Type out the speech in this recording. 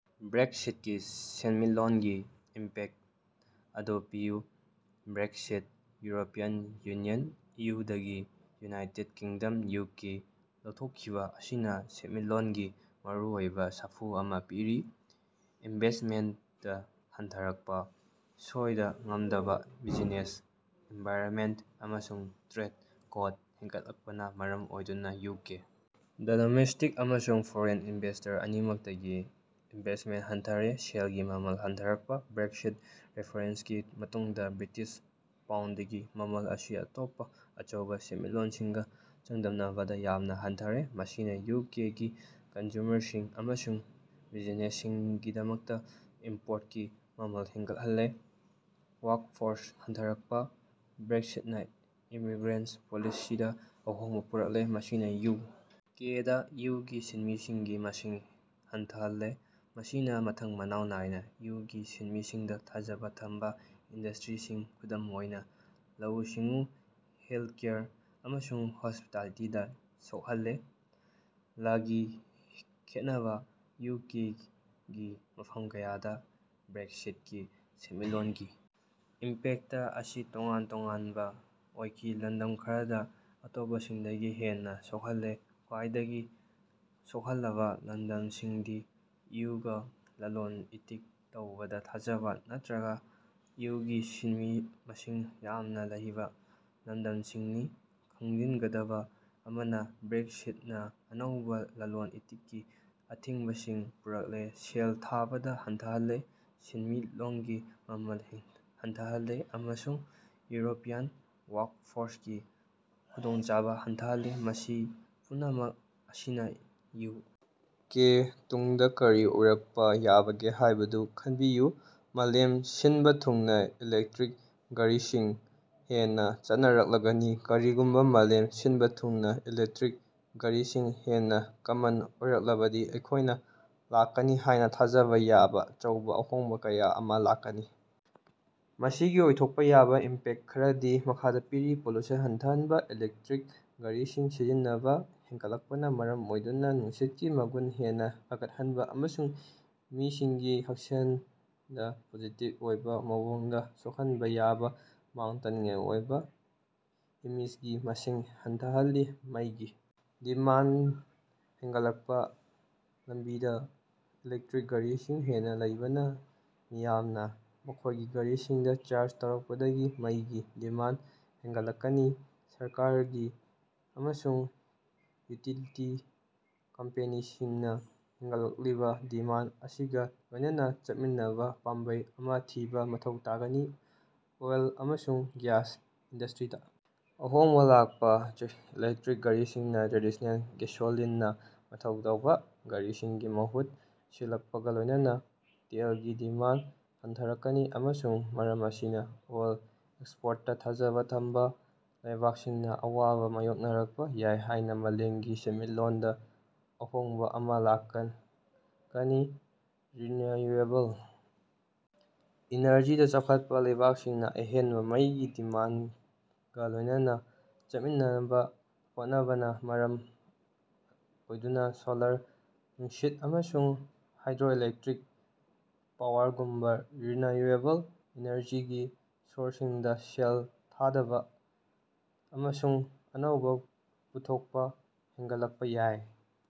ꯕ꯭ꯔꯦꯛꯁꯤꯠꯀꯤ ꯁꯦꯟꯃꯤꯠꯂꯣꯟꯒꯤ ꯏꯝꯄꯦꯛꯇ ꯑꯗꯨ ꯄꯤꯌꯨ꯫ ꯕ꯭ꯔꯦꯛꯁꯤꯠ, ꯌꯨꯔꯣꯄꯤꯌꯟ ꯌꯨꯅꯤꯌꯟ (ꯏꯌꯨ)ꯗꯒꯤ ꯌꯨꯅꯥꯏꯇꯦꯗ ꯀꯤꯡꯗꯝ (ꯌꯨ. ꯀꯦ.) ꯂꯧꯊꯣꯛꯈꯤꯕꯥ ꯑꯁꯤꯅꯥ ꯁꯦꯟꯃꯤꯠꯂꯣꯟꯒꯤ ꯃꯔꯨꯑꯣꯏꯕꯥ ꯁꯥꯐꯨ ꯑꯃꯥ ꯄꯤꯔꯤ꯫ ꯏꯟꯚꯦꯁ꯭ꯇꯃꯦꯟꯇ ꯍꯟꯊꯔꯛꯄꯥ: ꯁꯣꯏꯗ-ꯉꯥꯝꯗꯕ ꯕꯤꯖꯤꯅꯦꯁ ꯑꯦꯟꯚꯥꯏꯔꯟꯃꯦꯟꯇ ꯑꯃꯁꯨꯡ ꯇ꯭ꯔꯦꯗ ꯀꯣꯠ ꯍꯦꯟꯒꯠꯂꯛꯄꯅꯥ ꯃꯔꯝ ꯑꯣꯏꯗꯨꯅꯥ ꯌꯨ. ꯀꯦ. ꯗꯥ ꯗꯣꯃꯦꯁ꯭ꯇꯤꯛ ꯑꯃꯁꯨꯡ ꯐꯣꯔꯦꯟ ꯏꯟꯚꯦꯁ꯭ꯇꯔ ꯑꯅꯤꯃꯛꯇꯒꯤ ꯏꯟꯚꯦꯁ꯭ꯇꯃꯦꯟꯇ ꯍꯟꯊꯔꯦ꯫ ꯁꯦꯜꯒꯤ ꯃꯃꯜ ꯍꯟꯊꯔꯛꯄꯥ: ꯕ꯭ꯔꯦꯛꯁꯤꯠ ꯔꯦꯐꯔꯦꯟꯁꯀꯤ ꯃꯇꯨꯡꯗꯥ ꯕ꯭ꯔꯤꯇꯤꯁ ꯄꯥꯎꯟꯗꯒꯤ ꯃꯃꯜ ꯑꯁꯤ ꯑꯇꯣꯞꯄꯥ ꯑꯆꯧꯕꯥ ꯁꯦꯟꯃꯤꯠꯂꯣꯟꯁꯤꯡꯒꯥ ꯆꯥꯡꯗꯝꯅꯕꯗꯥ ꯌꯥꯝꯅꯥ ꯍꯟꯊꯔꯦ, ꯃꯁꯤꯅꯥ ꯌꯨ. ꯀꯦ. ꯒꯤ ꯀꯟꯖꯨꯃꯔꯁꯤꯡ ꯑꯃꯁꯨꯡ ꯕꯤꯖꯤꯅꯦꯁꯁꯤꯡꯒꯤꯗꯃꯛꯇꯥ ꯏꯝꯄꯣꯔꯇꯀꯤ ꯃꯃꯜ ꯍꯦꯟꯒꯠꯍꯜꯂꯦ꯫ ꯋꯥꯔꯀꯐꯣꯔꯁ ꯍꯟꯊꯔꯛꯄꯥ: ꯕ꯭ꯔꯦꯛꯁꯤꯠꯅꯥ ꯏꯃꯤꯒ꯭ꯔꯦꯁꯟ ꯄꯣꯂꯤꯁꯤꯗꯥ ꯑꯍꯣꯡꯕꯥ ꯄꯨꯔꯛꯂꯦ, ꯃꯁꯤꯅꯥ ꯌꯨ. ꯀꯦ. ꯗꯥ ꯏꯌꯨꯒꯤ ꯁꯤꯟꯃꯤꯁꯤꯡꯒꯤ ꯃꯁꯤꯡ ꯍꯟꯊꯍꯜꯂꯦ꯫ ꯃꯁꯤꯅꯥ ꯃꯊꯪ ꯃꯅꯥꯎ ꯅꯥꯏꯅꯥ ꯏ. ꯌꯨ. ꯒꯤ ꯁꯤꯟꯃꯤꯁꯤꯡꯗꯥ ꯊꯥꯖꯕꯥ ꯊꯝꯕꯥ ꯏꯟꯗꯁ꯭ꯇꯔꯤꯁꯤꯡ, ꯈꯨꯗꯝ ꯑꯣꯏꯅꯥ ꯂꯧꯎ-ꯁꯤꯡꯎ, ꯍꯦꯜꯊꯀꯦꯌꯔ, ꯑꯃꯁꯨꯡ ꯍꯣꯁ꯭ꯄꯤꯇꯥꯂꯤꯇꯤꯗꯥ ꯁꯣꯛꯍꯜꯂꯦ꯫ ꯂꯒꯤ ꯈꯦꯠꯅꯕꯥ: ꯌꯨ. ꯀꯦ. ꯒꯤ ꯃꯐꯝ ꯀꯌꯥꯗꯥ ꯕ꯭ꯔꯦꯛꯁꯤꯠꯀꯤ ꯁꯦꯟꯃꯤꯠꯂꯣꯟꯒꯤ ꯏꯝꯄꯦꯛꯇ ꯑꯁꯤ ꯇꯣꯉꯥꯟ ꯇꯣꯉꯥꯟꯕꯥ ꯑꯣꯏꯈꯤ, ꯂꯝꯗꯝ ꯈꯔꯗꯥ ꯑꯇꯣꯞꯄꯁꯤꯡꯗꯒꯤ ꯍꯦꯟꯅꯥ ꯁꯣꯛꯍꯜꯂꯦ꯫ ꯈ꯭ꯋꯥꯏꯗꯒꯤ ꯁꯣꯛꯍꯜꯂꯕꯥ ꯂꯝꯗꯝꯁꯤꯡꯗꯤ ꯏꯌꯨꯒꯥ ꯂꯂꯣꯟ-ꯏꯇꯤꯛ ꯇꯧꯕꯗꯥ ꯊꯥꯖꯕꯥ ꯊꯝꯕꯥ ꯅꯠꯇ꯭ꯔꯒꯥ ꯏꯌꯨꯒꯤ ꯁꯤꯟꯃꯤ ꯃꯁꯤꯡ ꯌꯥꯝꯅꯥ ꯂꯩꯕꯥ ꯂꯝꯗꯝꯁꯤꯡꯅꯤ꯫ ꯈꯪꯖꯤꯟꯒꯗꯕꯥ ꯑꯃꯅꯥ, ꯕ꯭ꯔꯦꯛꯁꯤꯠꯅꯥ ꯑꯅꯧꯕꯥ ꯂꯂꯣꯟ-ꯏꯇꯤꯛꯀꯤ ꯑꯊꯤꯡꯕꯁꯤꯡ ꯄꯨꯔꯛꯂꯦ, ꯁꯦꯜ ꯊꯥꯗꯕꯥ ꯍꯟꯊꯍꯜꯂꯦ, ꯁꯦꯟꯃꯤꯠꯂꯣꯟꯒꯤ ꯃꯃꯜ ꯍꯟꯊꯍꯜꯂꯦ, ꯑꯃꯁꯨꯡ ꯌꯨꯔꯣꯄꯤꯌꯟ ꯋꯥꯔꯛꯐꯣꯔꯁꯀꯤ ꯈꯨꯗꯣꯡꯆꯥꯕꯥ ꯍꯟꯊꯍꯜꯂꯦ, ꯃꯁꯤ ꯄꯨꯝꯅꯃꯛ ꯑꯁꯤꯅꯥ ꯌꯨ. ꯀꯦ. ꯇꯨꯡꯗꯥ ꯀꯔꯤ ꯑꯣꯏꯔꯛꯄꯥ ꯌꯥꯕꯒꯦ ꯍꯥꯏꯕꯗꯨ ꯈꯟꯕꯤꯌꯨ? ꯃꯥꯂꯦꯝ ꯁꯤꯟꯕꯥ ꯊꯨꯡꯅꯥ ꯏꯂꯦꯛꯇꯔꯤꯛ ꯒꯥꯔꯤꯁꯤꯡ ꯍꯦꯟꯅꯥ ꯆꯠꯅꯔꯛꯂꯒꯅꯤ꯫ ꯀꯔꯤꯒꯨꯝꯕꯥ ꯃꯥꯂꯦꯝ ꯁꯤꯟꯕꯥ ꯊꯨꯡꯅꯥ ꯏꯂꯦꯛꯇꯔꯤꯛ ꯒꯥꯔꯤꯁꯤꯡ ꯍꯦꯟꯅꯥ ꯀꯃꯟ ꯑꯣꯏꯔꯛꯂꯕꯗꯤ ꯑꯩꯈꯣꯏꯅꯥ ꯂꯥꯛꯀꯅꯤ ꯍꯥꯏꯅꯥ ꯊꯥꯖꯕꯥ ꯌꯥꯕꯥ ꯑꯆꯧꯕꯥ ꯑꯍꯣꯡꯕꯥ ꯀꯌꯥ ꯑꯃꯥ ꯂꯥꯛꯀꯅꯤ꯫ ꯃꯁꯤꯒꯤ ꯑꯣꯏꯊꯣꯛꯄꯥ ꯌꯥꯕꯥ ꯏꯝꯄꯦꯛꯇ ꯈꯔꯗꯤ ꯃꯈꯥꯗꯥ ꯄꯤꯔꯤ: ꯄꯣꯂꯨꯁꯟ ꯍꯟꯊꯍꯟꯕꯥ: ꯏꯂꯦꯛꯇꯔꯤꯛ ꯒꯥꯔꯤꯁꯤꯡ ꯁꯤꯖꯤꯟꯅꯕꯥ ꯍꯦꯟꯒꯠꯂꯛꯄꯅꯥ ꯃꯔꯝ ꯑꯣꯏꯗꯨꯅꯥ ꯅꯨꯡꯁꯤꯠꯀꯤ ꯃꯒꯨꯟ ꯍꯦꯟꯅꯥ ꯐꯒꯠꯍꯟꯕꯥ ꯑꯃꯁꯨꯡ ꯃꯤꯁꯤꯡꯒꯤ ꯍꯛꯁꯦꯜꯗꯥ ꯄꯣꯖꯤꯇꯤꯚ ꯑꯣꯏꯕꯥ ꯃꯑꯣꯡꯗꯥ ꯁꯣꯈꯟꯕꯥ ꯌꯥꯕꯥ ꯃꯥꯡ-ꯇꯥꯛꯅꯤꯡꯉꯥꯏ ꯑꯣꯏꯕꯥ ꯏꯃꯤꯁꯒꯤ ꯃꯁꯤꯡ ꯍꯟꯊꯍꯜꯅꯤ꯫ ꯃꯩꯒꯤ ꯗꯤꯃꯥꯟꯗ ꯍꯦꯟꯒꯠꯂꯛꯄꯥ: ꯂꯝꯕꯤꯗꯥ ꯏꯂꯦꯛꯇꯔꯤꯛ ꯒꯥꯔꯤꯁꯤꯡ ꯍꯦꯟꯅꯥ ꯂꯩꯕꯅꯥ ꯃꯤꯌꯥꯝꯅꯥ ꯃꯈꯣꯏꯒꯤ ꯒꯥꯔꯤꯁꯤꯡꯗꯥ ꯆꯥꯔꯖ ꯇꯧꯔꯛꯄꯗꯒꯤ ꯃꯩꯒꯤ ꯗꯤꯃꯥꯟꯗ ꯍꯦꯟꯒꯠꯂꯛꯀꯅꯤ꯫ ꯁꯔꯀꯥꯔꯁꯤꯡ ꯑꯃꯁꯨꯡ ꯌꯨꯇꯤꯂꯤꯇꯤ ꯀꯝꯄꯦꯅꯤꯁꯤꯡꯅꯥ ꯍꯦꯟꯒꯠꯂꯛꯂꯤꯕꯥ ꯗꯤꯃꯥꯟꯗ ꯑꯁꯤꯒꯥ ꯂꯣꯏꯅꯅꯥ ꯆꯠꯃꯤꯟꯅꯕꯥ ꯄꯥꯝꯕꯩ ꯑꯃꯥ ꯊꯤꯕꯥ ꯃꯊꯧ ꯇꯥꯒꯅꯤ꯫ ꯑꯣꯏꯜ ꯑꯃꯁꯨꯡ ꯒ꯭ꯌꯥꯁ ꯏꯟꯗꯁ꯭ꯇꯔꯤꯗꯥ ꯑꯍꯣꯡꯕꯥ ꯂꯥꯛꯄꯥ: ꯏꯂꯦꯛꯇꯔꯤꯛ ꯒꯥꯔꯤꯁꯤꯡꯅꯥ ꯇ꯭ꯔꯦꯗꯤꯁ꯭ꯅꯦꯜ ꯒꯦꯁꯣꯂꯤꯟꯅꯥ ꯃꯊꯧ ꯇꯧꯕꯥ ꯒꯥꯔꯤꯁꯤꯡꯒꯤ ꯃꯍꯨꯠ ꯁꯤꯜꯂꯛꯄꯒꯥ ꯂꯣꯏꯅꯅꯥ ꯇꯦꯜꯒꯤ ꯗꯤꯃꯥꯟꯗ ꯍꯟꯊꯔꯛꯀꯅꯤ ꯑꯃꯁꯨꯡ ꯃꯔꯝ ꯑꯁꯤꯅꯥ ꯑꯣꯏꯜ ꯑꯦꯛꯁꯄꯣꯔꯇꯇꯥ ꯊꯥꯖꯕꯥ ꯊꯝꯕꯥ ꯂꯩꯕꯥꯛꯁꯤꯡꯅꯥ ꯑꯋꯥꯕꯥ ꯃꯥꯌꯣꯛꯅꯔꯛꯄꯥ ꯌꯥꯏ ꯍꯥꯏꯅꯥ ꯃꯥꯂꯦꯝꯒꯤ ꯁꯦꯟꯃꯤꯠꯂꯣꯟꯗꯥ ꯑꯍꯣꯡꯕꯥ ꯑꯃꯥ ꯂꯥꯛꯀꯅꯤ꯫ ꯔꯤꯟꯅꯌꯨꯑꯦꯕꯜ ꯏꯅꯔꯖꯤꯗꯥ ꯆꯥꯎꯈꯠꯄꯥ: ꯂꯩꯕꯥꯛꯁꯤꯡꯅꯥ ꯑꯍꯦꯟꯕꯥ ꯃꯩꯒꯤ ꯗꯤꯃꯥꯟꯗꯒꯥ ꯂꯣꯏꯅꯅꯥ ꯆꯠꯃꯤꯟꯅꯅꯕꯥ ꯍꯣꯠꯅꯕꯅꯥ ꯃꯔꯝ ꯑꯣꯏꯗꯨꯅꯥ ꯁꯣꯂꯥꯔ, ꯅꯨꯡꯁꯤꯠ, ꯑꯃꯁꯨꯡ ꯍꯥꯏꯗ꯭ꯔꯣꯏꯂꯦꯛꯇꯔꯤꯛ ꯄꯥꯋꯔꯒꯨꯝꯕꯥ ꯔꯤꯟꯅꯌꯨꯑꯦꯕꯜ ꯏꯅꯔꯖꯤꯒꯤ ꯁꯣꯔꯁꯁꯤꯡꯗꯥ ꯁꯦꯜ ꯊꯥꯗꯕꯥ ꯑꯃꯁꯨꯡ ꯑꯅꯧꯕꯥ ꯄꯨꯊꯣꯛꯄꯥ ꯍꯦꯉꯠꯂꯛꯄꯥ ꯌꯥꯏ꯫